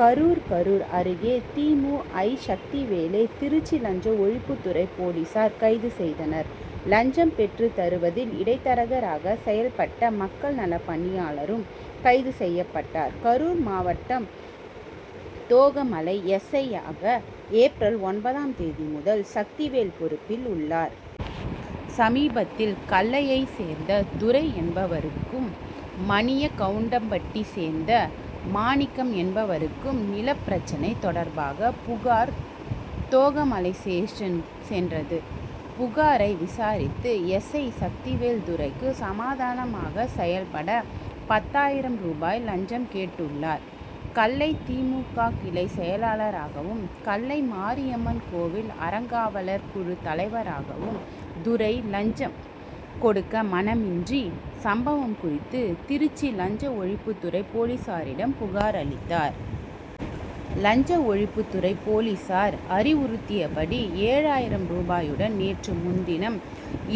கரூர் கரூர் அருகே தி. மு. ஐ. சக்திவேலை திருச்சி லஞ்ச ஒழிப்புத்துறை போலீசார் கைது செய்தனர். லஞ்சம் பெற்றுத் தருவதில் இடைத்தரகராக செயல்பட்ட மக்கள் நலப் பணியாளரும் கைது செய்யப்பட்டார். கரூர் மாவட்டம் தோகமலை எஸ். ஐ.யாக ஏப்ரல் ஒன்பதாம் தேதி முதல் சக்திவேல் பொறுப்பில் உள்ளார். சமீபத்தில் கள்ளையைச் சேர்ந்த துரை என்பவருக்கும் மணிய கவுண்டம்பட்டியைச் சேர்ந்த மாணிக்கம் என்பவருக்கும் நிலப்பிரச்னை தொடர்பான புகார் தோகமலை ஸ்டேஷனுக்கு சென்றது. புகாரை விசாரித்த எஸ். ஐ. சக்திவேல் துரைக்கு சாதகமாக செயல்பட பத்தாயிரம் ரூபாய் லஞ்சம் கேட்டுள்ளார். கள்ளை தி. மு. க. கிளை செயலராகவும் கள்ளை மாரியம்மன் கோவில் அறங்காவலர் குழு தலைவராகவும் உள்ள துரை லஞ்சம் கொடுக்க மனமின்றி சம்பவம் குறித்து திருச்சி லஞ்ச ஒழிப்புத்துறை போலீசாரிடம் புகார் அளித்தார். லஞ்ச ஒழிப்புத் துறை போலீசார் அறிவுறுத்தியபடி ஏழாயிரம் ரூபாயுடன் நேற்று முன்தினம்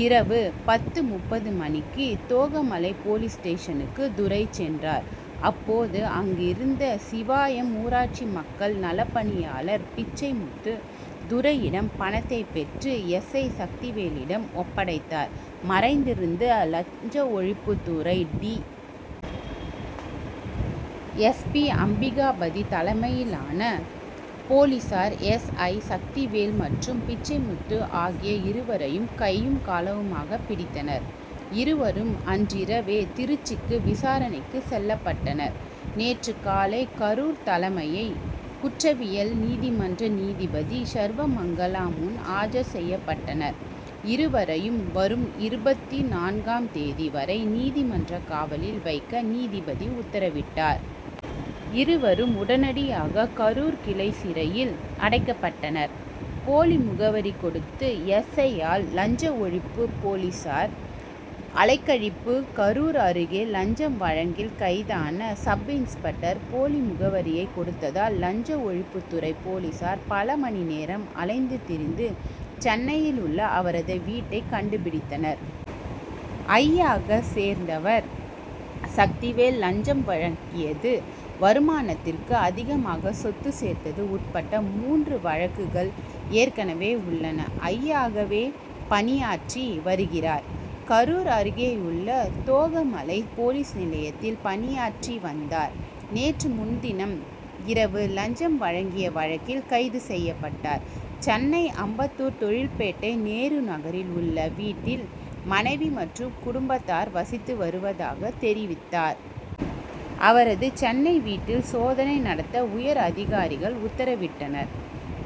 இரவு பத்து முப்பது மணிக்கு தோகமலை போலீஸ் ஸ்டேஷனுக்கு துரை சென்றார். அப்போது அங்கிருந்த சிவாயம் ஊராட்சி மக்கள் நலப்பணியாளர் பிச்சைமுத்து துரையிடம் பணத்தை பெற்று எஸ். ஐ. சக்திவேலிடம் ஒப்படைத்தார். மறைந்திருந்த லஞ்ச ஒழிப்புத்துறை டி. எஸ். பி. அம்பிகாபதி தலைமையிலான போலீசார் எஸ். ஐ. சக்திவேல் மற்றும் பிச்சைமுத்து ஆகிய இருவரையும் கையும் களவுமாக பிடித்தனர். இருவரும் அன்றிரவே திருச்சிக்கு விசாரணைக்கு செல்லப்பட்டனர். நேற்று காலை கரூர் தலைமை குற்றவியல் நீதிமன்ற நீதிபதி சர்வமங்களா முன் ஆஜர் செய்யப்பட்டனர். இருவரையும் வரும் இருபத்து நான்காம் தேதி வரை நீதிமன்ற காவலில் வைக்க நீதிபதி உத்தரவிட்டார். இருவரும் உடனடியாக கரூர் கிளை சிறையில் அடைக்கப்பட்டனர். போலி முகவரி கொடுத்த எஸ். ஐ.யால் லஞ்ச ஒழிப்பு போலீசார் அலைக்கழிப்பு கரூர் அருகே லஞ்ச வழக்கில் கைதான சப்-இன்ஸ்பெக்டர் போலி முகவரியை கொடுத்ததால் லஞ்ச ஒழிப்புத்துறை போலீசார் பல மணி நேரம் அலைந்து திரிந்து சென்னையில் உள்ள அவரது வீட்டை கண்டுபிடித்தனர். ஐ.யாக சேர்ந்தவர் சக்திவேல். லஞ்சம் வாங்கியது வருமானத்திற்கு அதிகமாக சொத்து சேர்த்தது உட்பட மூன்று வழக்குகள் ஏற்கனவே உள்ளன. ஐ.யாகவே பணியாற்றி வருகிறார். கரூர் அருகேயுள்ள தோகைமலை போலீஸ் நிலையத்தில் பணியாற்றி வந்தார். நேற்று முன்தினம் இரவு லஞ்சம் வாங்கிய வழக்கில் கைது செய்யப்பட்டார். சென்னை அம்பத்தூர் தொழிற்பேட்டை நேரு நகரில் உள்ள வீட்டில் மனைவி மற்றும் குடும்பத்தார் வசித்து வருவதாக தெரிவித்தார். அவரது சென்னை வீட்டில் சோதனை நடத்த உயர் அதிகாரிகள் உத்தரவிட்டனர்.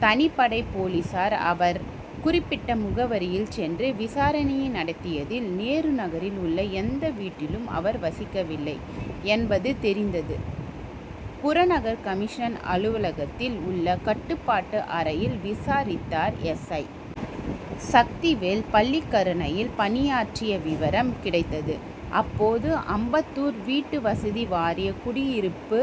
தனிப்படை போலீசார் அவர் குறிப்பிட்ட முகவரியில் சென்று விசாரணை நடத்தியதில் நேருநகரில் உள்ள எந்த வீட்டிலும் அவர் வசிக்கவில்லை என்பது தெரிந்தது. புறநகர் கமிஷனர் அலுவலகத்தில் உள்ள கட்டுப்பாடு அறையில் விசாரித்தனர். எஸ். ஐ. சக்திவேல் பள்ளிக்கரணையில் பணியாற்றிய விவரம் கிடைத்தது. அப்போது அம்பத்தூர் வீட்டுவசதி வாரிய குடியிருப்பு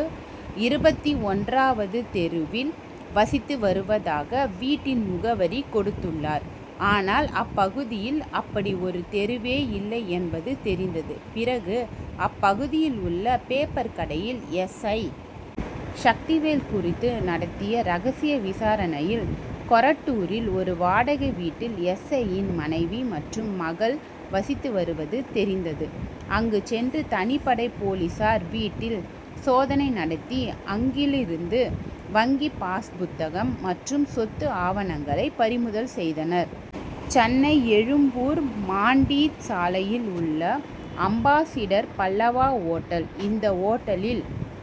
இருபத்தி ஒன்றாவது தெருவில் வசித்து வருவதாக வீட்டின் முகவரியை கொடுத்துள்ளார். ஆனால் அப்பகுதியில் அப்படி ஒரு தெருவே இல்லை என்பது தெரிந்தது. பிறகு அப்பகுதியில் உள்ள பேப்பர் கடைகளில் எஸ். ஐ. சக்திவேல் குறித்து நடத்திய ரகசிய விசாரணையில் கொரட்டூரில் ஒரு வாடகை வீட்டில் எஸ். ஐ.யின் மனைவி மற்றும் மகள் வசித்து வருவது தெரிந்தது. அங்கு சென்ற தனிப்படை போலீசார் வீட்டில் சோதனை நடத்தி அங்கிலிருந்த வங்கி பாஸ் புத்தகம் மற்றும் சொத்து ஆவணங்களை பறிமுதல் செய்தனர். சென்னை எழும்பூர் மாண்டீத் சாலையில் உள்ளது அம்பாசிடர் பல்லவா ஓட்டல். இந்த ஓட்டலில்